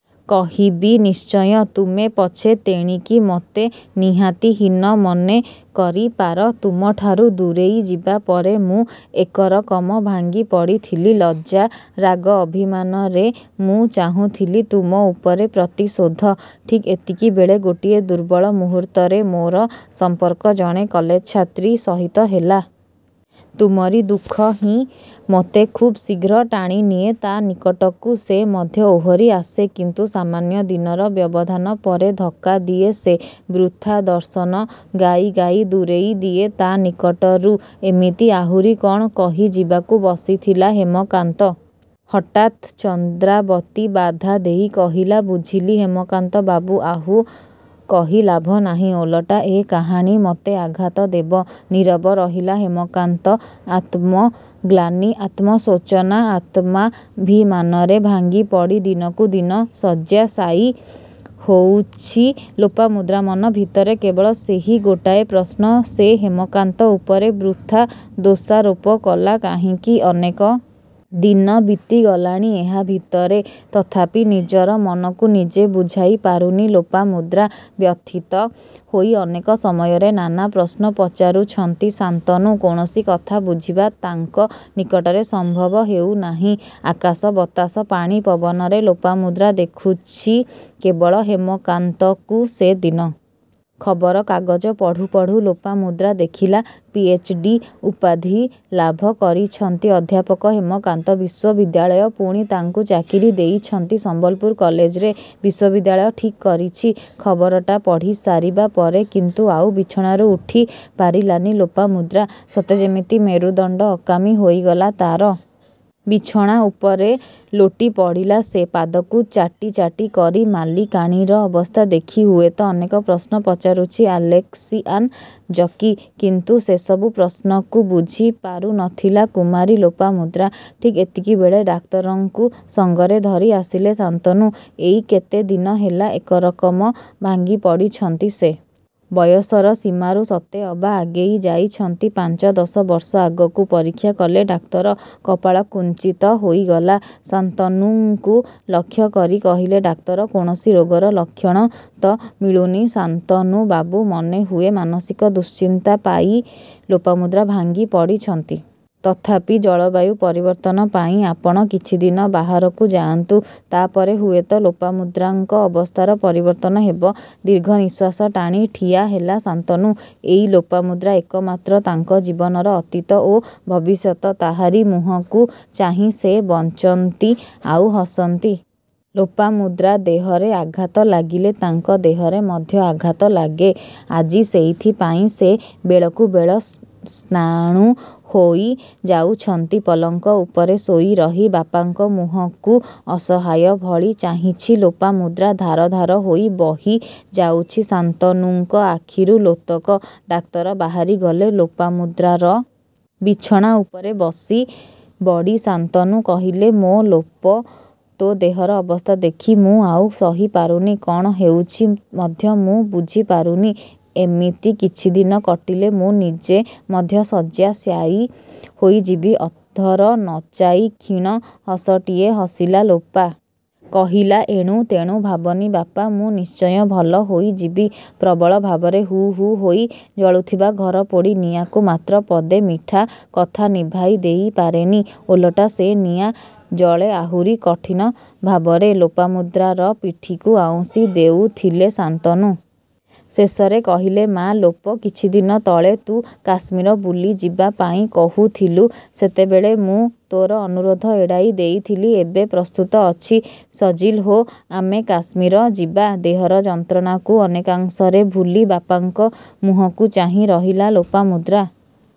କହିବି ନିଶ୍ଚୟ। ତୁମେ ପଛେ ତେଣିକି ମୋତେ ନିହାତି ହୀନ ମନେ କରିପାର। ତୁମଠାରୁ ଦୂରେଇ ଯିବାପରେ ମୁଁ ଏକରକମ ଭାଙ୍ଗି ପଡ଼ିଥିଲି। ଲଜ୍ଜା, ରାଗ, ଅଭିମାନରେ ମୁଁ ଚାହୁଁଥିଲି ତୁମ ଉପରେ ପ୍ରତିଶୋଧ। ଠିକ୍ ଏତିକିବେଳେ ଗୋଟିଏ ଦୁର୍ବଳ ମୁହୂର୍ତ୍ତରେ ମୋର ସମ୍ପର୍କ ଜଣେ କଲେଜ ଛାତ୍ରୀ ସହିତ ହେଲା। ତୁମରି ଦୁଃଖ ହିଁ ମୋତେ ଖୁବ୍ ଶୀଘ୍ର ଟାଣିନିଏ ତା ନିକଟକୁ। ସେ ମଧ୍ୟ ଓହରି ଆସେ। କିନ୍ତୁ ସାମାନ୍ୟ ଦିନର ବ୍ୟବଧାନ ପରେ ଧକ୍କା ଦିଏ ସେ। ବୃଥା ଦର୍ଶନ ଗାଇ ଗାଇ ଦୂରେଇ ଦିଏ ତା ନିକଟରୁ। ଏମିତି ଆହୁରି କଣ କହିଯିବାକୁ ବସିଥିଲା ହେମକାନ୍ତ। ହଠାତ୍ ଚନ୍ଦ୍ରାବତୀ ବାଧା ଦେଇ କହିଲା ବୁଝିଲି ହେମକାନ୍ତ ବାବୁ ଆଉ କହି ଲାଭ ନାହିଁ। ଓଲଟା ଏ କାହାଣୀ ମୋତେ ଆଘାତ ଦେବ। ନୀରବ ରହିଲା ହେମକାନ୍ତ। ଆତ୍ମଗ୍ଳାନି, ଆତ୍ମଶୋଚନା, ଆତ୍ମାଭିମାନରେ ଭାଙ୍ଗିପଡ଼ି ଦିନକୁ ଦିନ ଶଯ୍ୟାଶାୟୀ ହେଉଛି ଲୋପାମୁଦ୍ରା। ମନ ଭିତରେ କେବଳ ସେହି ଗୋଟାଏ ପ୍ରଶ୍ନ ସେ ହେମକାନ୍ତ ଉପରେ ବୃଥା ଦୋଷାରୋପ କଲା କାହିଁକି ଅନେକ ଦିନ ବିତିଗଲାଣି ଏହା ଭିତରେ। ତଥାପି ନିଜର ମନକୁ ନିଜେ ବୁଝାଇ ପାରୁନି ଲୋପାମୁଦ୍ରା। ବ୍ୟଥିତ ହୋଇ ଅନେକ ସମୟରେ ନାନା ପ୍ରଶ୍ନ ପଚାରୁଛନ୍ତି ଶାନ୍ତନୁ। କୌଣସି କଥା ବୁଝିବା ତାଙ୍କ ନିକଟରେ ସମ୍ଭବ ହେଉନାହିଁ। ଆକାଶ, ବତାସ, ପାଣି, ପବନରେ ଲୋପାମୁଦ୍ରା ଦେଖୁଛି କେବଳ ହେମକାନ୍ତକୁ। ସେଦିନ ଖବରକାଗଜ ପଢ଼ୁ ପଢ଼ୁ ଲୋପାମୁଦ୍ରା ଦେଖିଲା ପିଏଚ୍‌ଡି ଉପାଧି ଲାଭ କରିଛନ୍ତି ଅଧ୍ୟାପକ ହେମକାନ୍ତ। ବିଶ୍ୱବିଦ୍ୟାଳୟ ପୁଣି ତାଙ୍କୁ ଚାକିରି ଦେଇଛନ୍ତି ସମ୍ବଲପୁର କଲେଜରେ। ବିଶ୍ୱବିଦ୍ୟାଳୟ ଠିକ୍ କରିଛି। ଖବରଟା ପଢ଼ିସାରିବା ପରେ କିନ୍ତୁ ଆଉ ବିଛଣାରୁ ଉଠି ପାରିଲାନି ଲୋପାମୁଦ୍ରା। ସତେ ଯେମିତି ମେରୁଦଣ୍ଡ ଅକାମୀ ହୋଇଗଲା ତାର। ବିଛଣା ଉପରେ ଲୋଟି ପଡ଼ିଲା ସେ। ପାଦକୁ ଚାଟି ଚାଟି କରି ମାଲିକାଣୀର ଅବସ୍ଥା ଦେଖି ହୁଏତ ଅନେକ ପ୍ରଶ୍ନ ପଚାରୁଛି ଆଲ୍ସେସିଆନ୍ ଜକି। କିନ୍ତୁ ସେସବୁ ପ୍ରଶ୍ନକୁ ବୁଝିପାରୁ ନ ଥିଲା କୁମାରୀ ଲୋପାମୁଦ୍ରା। ଠିକ୍ ଏତିକିବେଳେ ଡାକ୍ତରଙ୍କୁ ସଙ୍ଗରେ ଧରି ଆସିଲେ ଶାନ୍ତନୁ। ଏଇ କେତେ ଦିନ ହେଲା ଏକରକମ ଭାଙ୍ଗି ପଡ଼ିଛନ୍ତି ସେ। ବୟସର ସୀମାରୁ ସତେ ଅବା ଆଗେଇ ଯାଇଛନ୍ତି ପାଞ୍ଚ ଦଶ ବର୍ଷ ଆଗକୁ। ପରୀକ୍ଷା କଲେ ଡାକ୍ତର। କପାଳ କୁଞ୍ଚିତ ହୋଇଗଲା। ଶାନ୍ତନୁଙ୍କୁ ଲକ୍ଷ୍ୟ କରି କହିଲେ ଡାକ୍ତର କୌଣସି ରୋଗର ଲକ୍ଷଣ ତ ମିଳୁନି, ଶାନ୍ତନୁ ବାବୁ ମନେହୁଏ ମାନସିକ ଦୁଶ୍ଚିନ୍ତା ପାଇଁ ଲୋପାମୁଦ୍ରା ଭାଙ୍ଗି ପଡ଼ିଛନ୍ତି। ତଥାପି ଜଳବାୟୁ ପରିବର୍ତ୍ତନ ପାଇଁ ଆପଣ କିଛିଦିନ ବାହାରକୁ ଯାଆନ୍ତୁ। ତା ପରେ ହୁଏତ ଲୋପାମୁଦ୍ରାଙ୍କ ଅବସ୍ଥାର ପରିବର୍ତ୍ତନ ହେବ। ଦୀର୍ଘ ନିଃଶ୍ୱାସ ଟାଣି ଠିଆ ହେଲା ଶାନ୍ତନୁ। ଏଇ ଲୋପାମୁଦ୍ରା, ଏକମାତ୍ର ତାଙ୍କ ଜୀବନର ଅତୀତ ଓ ଭବିଷ୍ୟତ। ତାହାରି ମୁହଁକୁ ଚାହିଁ ସେ ବଞ୍ଚନ୍ତି ଆଉ ହସନ୍ତି। ଲୋପାମୁଦ୍ରା ଦେହରେ ଆଘାତ ଲାଗିଲେ ତାଙ୍କ ଦେହରେ ମଧ୍ୟ ଆଘାତ ଲାଗେ। ଆଜି ସେଇଥିପାଇଁ ସେ ବେଳକୁ ବେଳ ସ୍ଥାଣୁ ହୋଇ ଯାଉଛନ୍ତି। ପଲଙ୍କ ଉପରେ ଶୋଇରହି ବାପାଙ୍କ ମୁହଁକୁ ଅସହାୟ ଭଳି ଚାହିଁଛି ଲୋପାମୁଦ୍ରା। ଧାର ଧାର ହୋଇ ବହିଯାଉଛି ଶାନ୍ତନୁଙ୍କ ଆଖିରୁ ଲୋତକ। ଡାକ୍ତର ବାହାରି ଗଲେ। ଲୋପାମୁଦ୍ରାର ବିଛଣା ଉପରେ ବସି ବଡ଼ି ଶାନ୍ତନୁ କହିଲେ ମୋ ଲୋପା ତୋ ଦେହର ଅବସ୍ଥା ଦେଖି ମୁଁ ଆଉ ସହି ପାରୁନି। କ'ଣ ହେଉଛି ମଧ୍ୟ ମୁଁ ବୁଝି ପାରୁନି। ଏମିତି କିଛିଦିନ କଟିଲେ ମୁଁ ନିଜେ ମଧ୍ୟ ଶଯ୍ୟାଶାୟୀ ହୋଇଯିବି। ଅଧର ନଚାଇ କ୍ଷୀଣ ହସଟିଏ ହସିଲା ଲୋପା। କହିଲା ଏଣୁ ତେଣୁ ଭାବନି ବାପା ମୁଁ ନିଶ୍ଚୟ ଭଲ ହୋଇଯିବି। ପ୍ରବଳ ଭାବରେ ହୁ ହୁ ହୋଇ ଜଳୁଥିବା ଘରପୋଡ଼ି ନିଆଁକୁ ମାତ୍ର ପଦେ ମିଠା କଥା ନିଭାଇ ଦେଇ ପାରେନି। ଓଲଟା ସେ ନିଆଁ ଜଳେ ଆହୁରି କଠିନ ଭାବରେ ଲୋପାମୁଦ୍ରାର ପିଠିକୁ ଆଉଁସି ଦେଉଥିଲେ ଶାନ୍ତନୁ। ଶେଷରେ କହିଲେ ମା ଲୋପା କିଛିଦିନ ତଳେ ତୁ କାଶ୍ମୀର ବୁଲିଯିବା ପାଇଁ କହୁଥିଲୁ। ସେତେବେଳେ ମୁଁ ତୋର ଅନୁରୋଧ ଏଡ଼ାଇ ଦେଇଥିଲି। ଏବେ ପ୍ରସ୍ତୁତ ଅଛି। ସଜିଲ୍ ହୋ ଆମେ କାଶ୍ମୀର ଯିବା ଦେହର ଯନ୍ତ୍ରଣାକୁ ଅନେକାଂଶରେ ଭୁଲି ବାପାଙ୍କ ମୁହଁକୁ ଚାହିଁ ରହିଲା ଲୋପାମୁଦ୍ରା।